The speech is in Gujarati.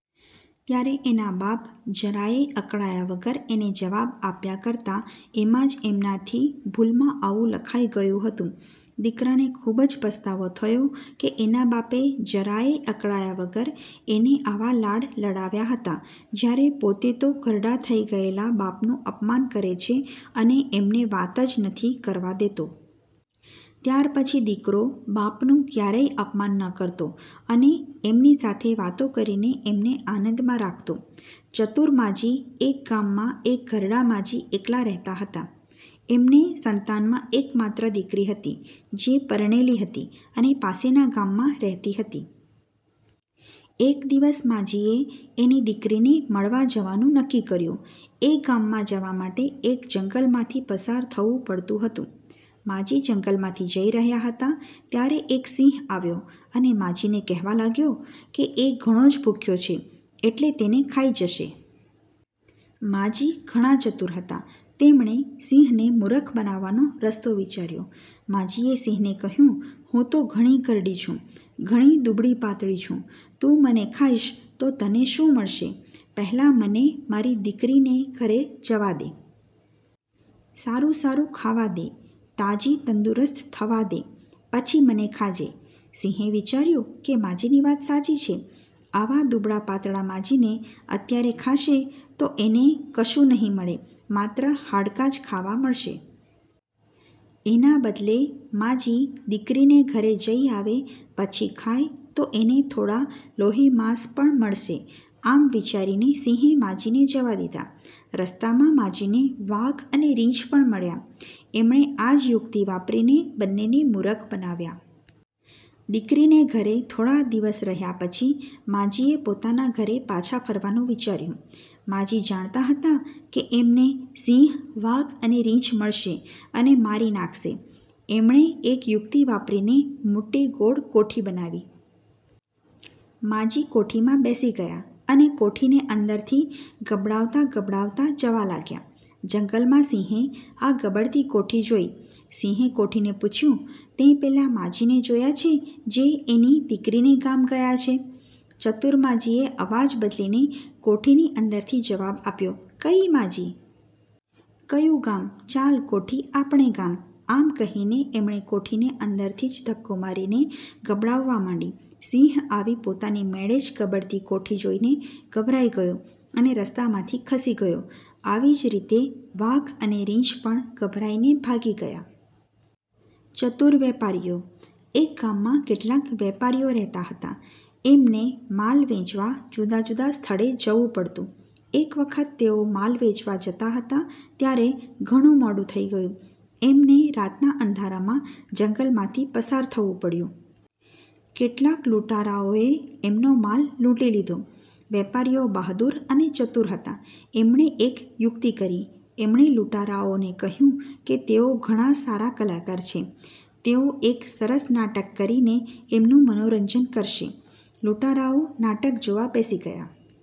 ત્યારે એના બાપ જરાયે અકળાયા વગર એને જવાબ આપ્યા કરતા એમાં જ એમનાથી ભૂલમાં આવું લખાઈ ગયું હતું. દીકરાને ખુબ જ પસ્તાવો થયો કે એના બાપે જરાયે અકળાયા વગર એને આવા લાડ લડાવ્યા હતા જયારે પોતે તો ઘરડા થઇ ગયેલા બાપનું અપમાન કરે છે અને એમને વાત જ નથી કરવા દેતો. ત્યાર પછી દીકરો બાપનું ક્યારેય અપમાન ન કરતો અને એમની સાથે વાતો કરીને એમને આનંદમાં રાખતો. ચતુર માજી એક ગામમાં એક ઘરડા માજી એકલાં રહેતાં હતાં. એમને સંતાનમાં એક માત્ર દીકરી હતી જે પરણેલી હતી અને પાસેના ગામમાં રહેતી હતી. એક દિવસ માજીએ એની દીકરીને મળવા જવાનું નક્કી કર્યું. એ ગામમાં જવા માટે એક જંગલમાંથી પસાર થવું પડતું હતું. માજી જંગલમાંથી જઈ રહ્યાં હતાં ત્યારે એક સિંહ આવ્યો અને માજી ને કહેવા લાગ્યો કે એ ઘણો જ ભૂખ્યો છે એટલે તેને ખાઈ જશે. માજી ઘણા ચતુર હતા. તેમણે સિંહને મૂરખ બનાવવાનો રસ્તો વિચાર્યો. માજીએ સિંહને કહ્યું: "હું તો ઘણી ઘરડી છું. ઘણી દૂબળી-પાતળી છું. તું મને ખાઇશ તો તને શું મળશે? પહેલાં મને મારી દીકરીને ઘરે જવાદે. સારું સારું ખાવા દે. તાજી તંદુરસ્ત થવા દે. પછી મને ખાજે". સિંહે વિચાર્યું કે માજીની વાત સાચી છે. આવા દૂબળા-પાતળા માજીને અત્યારે ખાશે તો એને કશું નહિ મળે. માત્ર હાડકાં જ ખાવા મળશે. એના બદલે માજી દીકરીને ઘરે જઈ આવે પછી ખાય તો એને થોડાં લોહી-માંસ પણ મળશે. આમ વિચારીને સિંહે માજીને જવા દીધા. રસ્તામાં માજીને વાઘ અને રીંછ પણ મળ્યા. એમણે આ જ યુક્તિ વાપરીને બંનેને મૂરખ બનાવ્યા. દીકરીને ઘરે થોડા દિવસ રહ્યા પછી માજીએ પોતાના ઘરે પાછા ફરવાનું વિચાર્યું. માજી જાણતાં હતાં કે એમને સિંહ, વાઘ અને રીંછ મળશે અને મારી નાખશે. એમણે એક યુક્તિ વાપરીને મોટી ગોળ કોઠી બનાવી. માજી કોઠીમાં બેસી ગયા અને કોઠીને અંદરથી ગબડાવતા ગબડાવતા જવા લાગ્યા. જંગલમાં સિંહે આ ગબડતી કોઠી જોઈ. સિંહે કોઠીને પુછ્યું: "તેં પેલા માજીને જોયા છે જે એની દીકરીને ગામ ગયા છે? ". ચતુર માજીએ અવાજ બદલીને કોઠીની અંદરથી જવાબ આપ્યો: "કઈ માજી? કયું ગામ? ચાલ કોઠી આપણે ગામ... ". આમ કહીને એમણે કોઠીને અંદરથી ધક્કો મારીને ગબડાવવા માંડી. સિંહ આવી પોતાની મેળે જ ગબડતી કોઠી જોઇને ગભરાઈ ગયો અને રસ્તામાંથી ખસી ગયો. આવી જ રીતે વાઘ અને રીંછ પણ ગભરાઈને ભાગી ગયા. ચતુર વેપારીઓ એક ગામમાં કેટલાક વેપારીઓ રહેતા હતા. એમને માલ વેંચવા જુદા જુદા સ્થળે જવું પડતું. એક વખત તેઓ માલ વેંચવા જતા હતા ત્યારે ઘણું મોડું થઇ ગયું. એમને રાતના અંધારામાં જંગલમાંથી પસાર થવું પડ્યું. કેટલાક લૂંટારાઓએ એમનો માલ લૂંટી લીધો. વેપારીઓ બહાદુર અને ચતુર હતા. એમણે એક યુક્તિ કરી. એમણે લૂંટારાઓને કહ્યુંકે તેઓ ઘણા સારા કલાકાર છે. તેઓ એક સરસ નાટક કરીને એમનું મનોરંજન કરશે. લૂંટારાઓ નાટક જોવા બેસી ગયા.